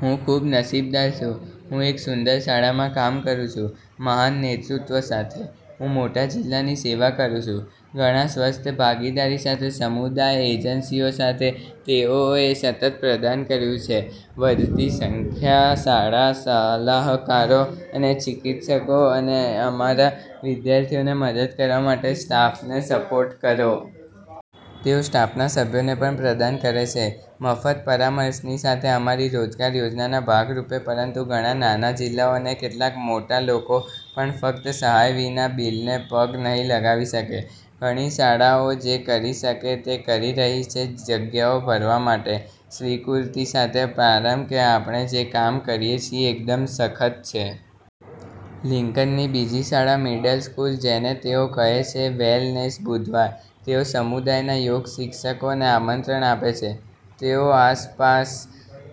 હું ખૂબ નસીબદાર છું. હું એક સુંદર શાળામાં કામ કરું છું મહાન નેતૃત્વ સાથે. હું મોટા જિલ્લાની સેવા કરું છું. ઘણા સ્વસ્થ ભાગીદારી સાથે સમુદાય એજન્સીઓ સાથે તેઓએ સતત પ્રદાન કર્યું છે. વધતી સંખ્યા શાળા સલાહકારો અને ચિકિત્સકો અને અમારા વિદ્યાર્થીઓને મદદ કરવા માટે સ્ટાફને સપોર્ટ કરો. તેઓ સ્ટાફના સભ્યોને પણ પ્રદાન કરે છે મફત પરામર્શની સાથે અમારી રોજગાર યોજનાના ભાગ રૂપે, પરંતુ ઘણા નાના જિલ્લાઓ અને કેટલાક મોટા લોકો પણ ફક્ત સહાય વિના બિલને પગ નહીં લગાવી શકે. ઘણી શાળાઓ જે કરી શકે તે કરી રહી છે જગ્યાઓ ભરવા માટે, સ્વીકૃતિ સાથે પ્રારંભ કે આપણે જે કામ કરીએ છીએ એકદમ સખત છે. લિંકનની બીજી શાળા મિડલ સ્કૂલ, જેને તેઓ કહે છે "વેલનેસ બુધવાર. " તેઓ સમુદાયના યોગ શિક્ષકોને આમંત્રણ આપે છે, તેઓ આસપાસ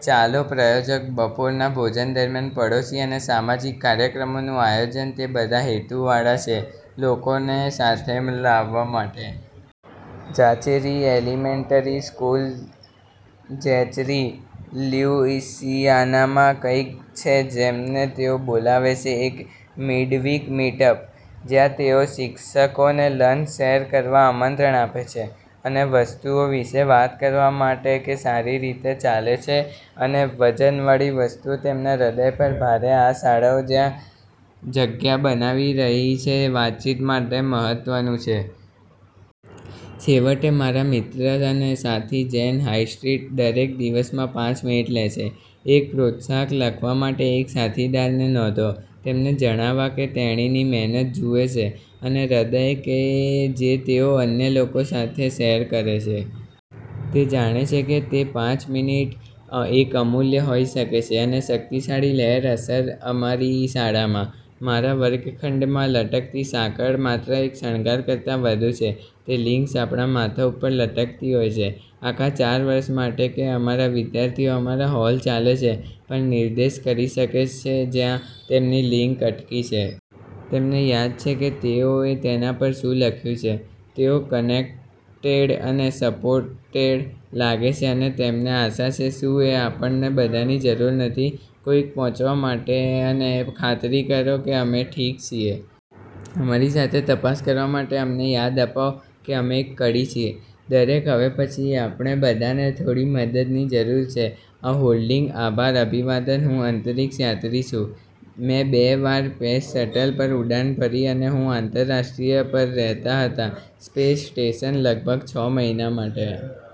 ચાલો પ્રાયોજક બપોરના ભોજન દરમિયાન પડોશી અને સામાજિક કાર્યક્રમોનું આયોજન તે બધા હેતુવાળા છે લોકોને સાથે લાવવા માટે. ઝાચેરી એલિમેન્ટરી સ્કૂલ ઝેચરી, લ્યુઇસિયાનામાં, કંઈક છે જેમને તેઓ બોલાવે છે એક "મિડવીક મીટઅપ," જ્યાં તેઓ શિક્ષકોને લંચ શેર કરવા આમંત્રણ આપે છે અને વસ્તુઓ વિશે વાત કરવા માટે કે સારી રીતે ચાલે છે અને વજનવાળી વસ્તુઓ તેમના હૃદય પર ભારે આ શાળાઓ જગ્યા બનાવી રહી છે વાતચીત માટે તે મહત્વનું છે. છેવટે, મારા મિત્ર અને સાથી જેન હાઇસ્ટ્રીટ દરેક દિવસમાંથી પાંચ મિનિટ લે છે, એક પ્રોત્સાહક લખવા માટે એક સાથીદારને નોંધો, તેમને જણાવવા કે તેણીની મહેનત જુએ છે અને હૃદય કે જે તેઓ અન્ય લોકો સાથે શેર કરે છે. તે જાણે છે કે તે પાંચ મિનિટ એક અમૂલ્ય હોઈ શકે છે અને શક્તિશાળી લહેર અસર અમારી શાળામાં. મારા વર્ગખંડમાં લટકતી સાંકળ માત્ર એક શણગાર કરતાં વધુ છે. તે લિંક્સ આપણા માથા ઉપર લટકતી હોય છે આખા ચાર વર્ષ માટે કે અમારા વિદ્યાર્થીઓ અમારા હોલ ચાલે છે, પણ નિર્દેશ કરી શકે છે જ્યાં તેમની લિંક અટકી છે. તેમને યાદ છે કે તેઓએ તેના પર શું લખ્યું છે. તેઓ કનેક્ટેડ અને સપોર્ટેડ લાગે છે અને તેમને આશા છે. શું એ આપણને બધાની જરૂર નથી? કોઈક પહોંચવા માટે અને ખાતરી કરો કે અમે ઠીક છીએ. અમારી સાથે તપાસ કરવા માટે અને અમને યાદ અપાવો કે અમે એક કડી છીએ. દરેક હવે પછી, આપણે બધાને થોડી મદદની જરૂર છે આ હોલ્ડિંગ. આભાર. અભિવાદન હું અંતરિક્ષયાત્રી છું. મેં બે વાર પેસ શટલ પર ઉડાન ભરી અને હું આંતરરાષ્ટ્રીય પર રહેતા હતા સ્પેસ સ્ટેશન લગભગ છ મહિના માટે.